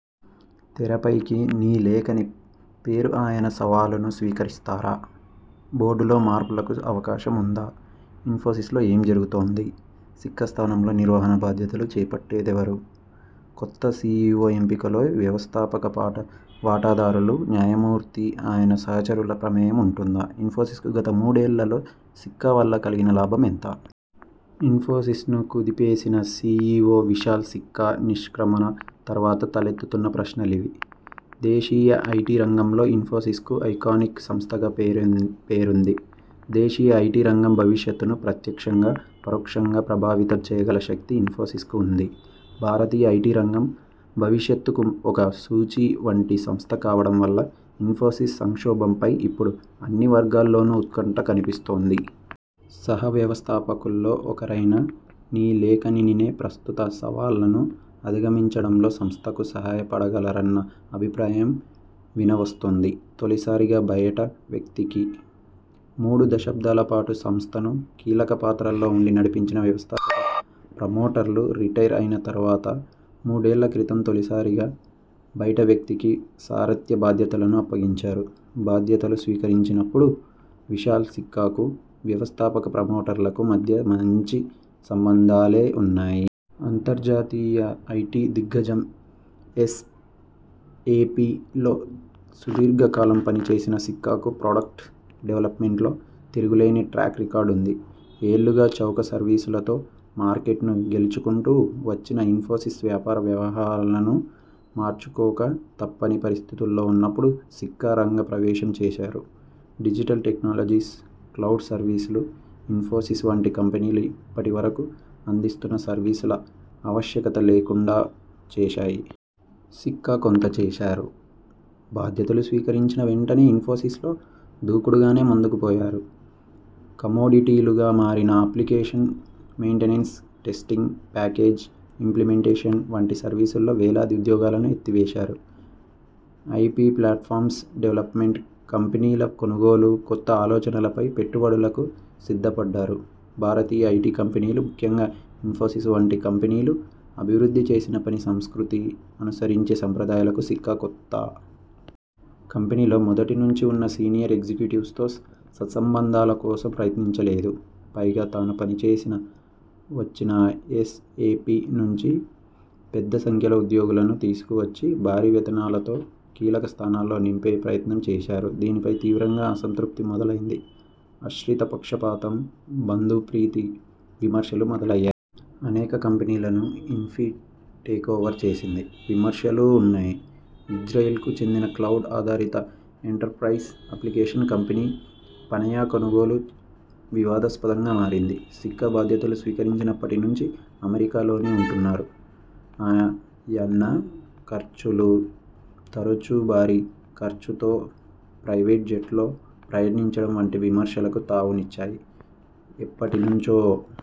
తెరపైకి నీలేకని పేరుఆయన సవాలును స్వీకరిస్తారా? బోర్డులో మార్పులకు అవకాశం ఉందా? ఇన్ఫోసిస్లో ఏం జరుగుతోంది. సిక్కా స్థానంలో నిర్వహణ బాధ్యతలు చేపట్టేదెవరు? కొత్త సిఇఒ ఎంపికలో వ్యవస్థాపక పాటవాటాదారులు నారాయణమూర్తి ఆయన సహచరుల ప్రమేయం ఉంటుందా? ఇన్ఫోసిస్కు గత మూడేళ్లలో సిక్కా వల్ల కలిగిన లాభం ఎంత? ఇన్ఫోసిస్ను కుదిపేసిన సిఇఒ విశాల్ సిక్కా నిష్క్రమణ తర్వాత తలెత్తుతున్న ప్రశ్నలివి. దేశీయ ఐటి రంగంలో ఇన్ఫోసిస్కు ఐకానిక్ సంస్థగా పేరొంపేరుంది. దేశీయ ఐటి రంగం భవిష్యత్తును ప్రత్యక్షంగా, పరోక్షంగా ప్రభావితం చేయగల శక్తి ఇన్ఫోసిస్కు ఉంది. భారతీయ ఐటి రంగం భవిష్యత్తుకు ఒక సూచీ వంటి సంస్థ కావడం వల్ల ఇన్ఫోసిస్ సంక్షోభంపై ఇప్పుడు అన్ని వర్గాల్లోనూ ఉత్కంఠ కనిపిస్తోంది. సహ వ్యవస్థాపకుల్లో ఒకరైన నీలేకనినే ప్రస్తుత సవాళ్లను అధిగమించడంలో సంస్థకు సహాయపడగలరన్న అభిప్రాయం వినవస్తోంది. తొలిసారిగా బయటవ్యక్తికి.. మూడు దశాబ్దాలపాటు సంస్థను కీలకపాత్రల్లో ఉండి నడిపించిన వ్యవస్థాపక ప్రమోటర్లు రిటైర్ అయిన తర్వాత, మూడేళ్ల క్రితం తొలిసారిగా బయటవ్యక్తికి సారథ్య బాధ్యతలను అప్పగించారు. బాధ్యతలు స్వీకరించినప్పుడు విశాల్ సిక్కాకు, వ్యవస్థాపక ప్రమోటర్లకు మధ్య మంచి సంబంధాలే ఉన్నాయి. అంతర్జాతీయ ఐటి దిగ్గజం ఎస్ఎపిలో సుదీర్ఘకాలం పనిచేసిన సిక్కాకు ప్రొడక్ట్ డెవల్పమెంట్లో తిరుగులేని ట్రాక్ రికార్డ్ ఉంది. ఏళ్లుగా చౌక సర్వీసులతో మార్కెట్ను గెలుచుకుంటూ వచ్చిన ఇన్ఫోసిస్ వ్యాపార వ్యూహాలను మార్చుకోక తప్పని పరిస్థితుల్లో ఉన్నప్పుడు సిక్కా రంగ ప్రవేశం చేశారు. డిజిటల్ టెక్నాలజీస్, క్లౌడ్ సర్వీసులు ఇన్ఫోసిస్ వంటి కంపెనీలు ఇప్పటి వరకు అందిస్తున్న సర్వీసుల ఆవశ్యకత లేకుండా చేశాయి. సిక్కా కొంత చేశారు.. బాధ్యతలు స్వీకరించిన వెంటనే ఇన్ఫోసి్సలో దూకుడుగానే ముందుకు పోయారు. కమోడిటీలుగా మారిన application maintenance, testing, package implementation వంటి సర్వీసుల్లో వేలాది ఉద్యోగాలను ఎత్తివేశారు. ఐపి ప్లాట్ఫామ్స్ డెవల్పమెంట్, కంపెనీల కొనుగోలు, కొత్త ఆలోచనలపై పెట్టుబడులకు సిద్ధపడ్డారు. భారతీయ ఐటి కంపెనీలు ముఖ్యంగా ఇన్ఫోసిస్ వంటి కంపెనీలు అభివృద్ధి చేసిన పని సంస్కృతి, అనుసరించే సంప్రదాయాలకు సిక్కా కొత్త. కంపెనీలో మొదటి నుంచీ ఉన్న సీనియర్ ఎగ్జిక్యూటివ్స్తో సత్సంబంధాల కోసం ప్రయత్నించలేదు. పైగా తాను పనిచేసి వచ్చిన ఎస్ఎపి నుంచి పెద్ద సంఖ్యలో ఉద్యోగులను తీసుకువచ్చి భారీ వేతనాలతో కీలక స్థానాల్లో నింపే ప్రయత్నం చేశారు. దీనిపై తీవ్రంగానే అసంతృప్తి మొదలైంది. ఆశ్రిత పక్షపాతం, బంధుప్రీతి విమర్శలు మొదలయ్యాయి. అనేక కంపెనీలను ఇన్ఫీ టేకోవర్ చేసింది. విమర్శలూ ఉన్నాయి.. ఇజ్రాయెల్కు చెందిన క్లౌడ్ ఆధారిత ఎంటర్ప్రైజ్ అప్లికేషన్ కంపెనీ పనయా కొనుగోలు వివాదాస్పదంగా మారింది. సిక్కా బాధ్యతలు స్వీకరించినప్పటి నుంచి అమెరికాలోనే ఉంటున్నారు. ఆయ న ఖర్చులు, తరుచూభారీ ఖర్చుతో ప్రైవేట్జెట్లో ప్రయాణించడం వంటివి విమర్శలకు తావునిచ్చాయి. ఎప్పటి నుంచో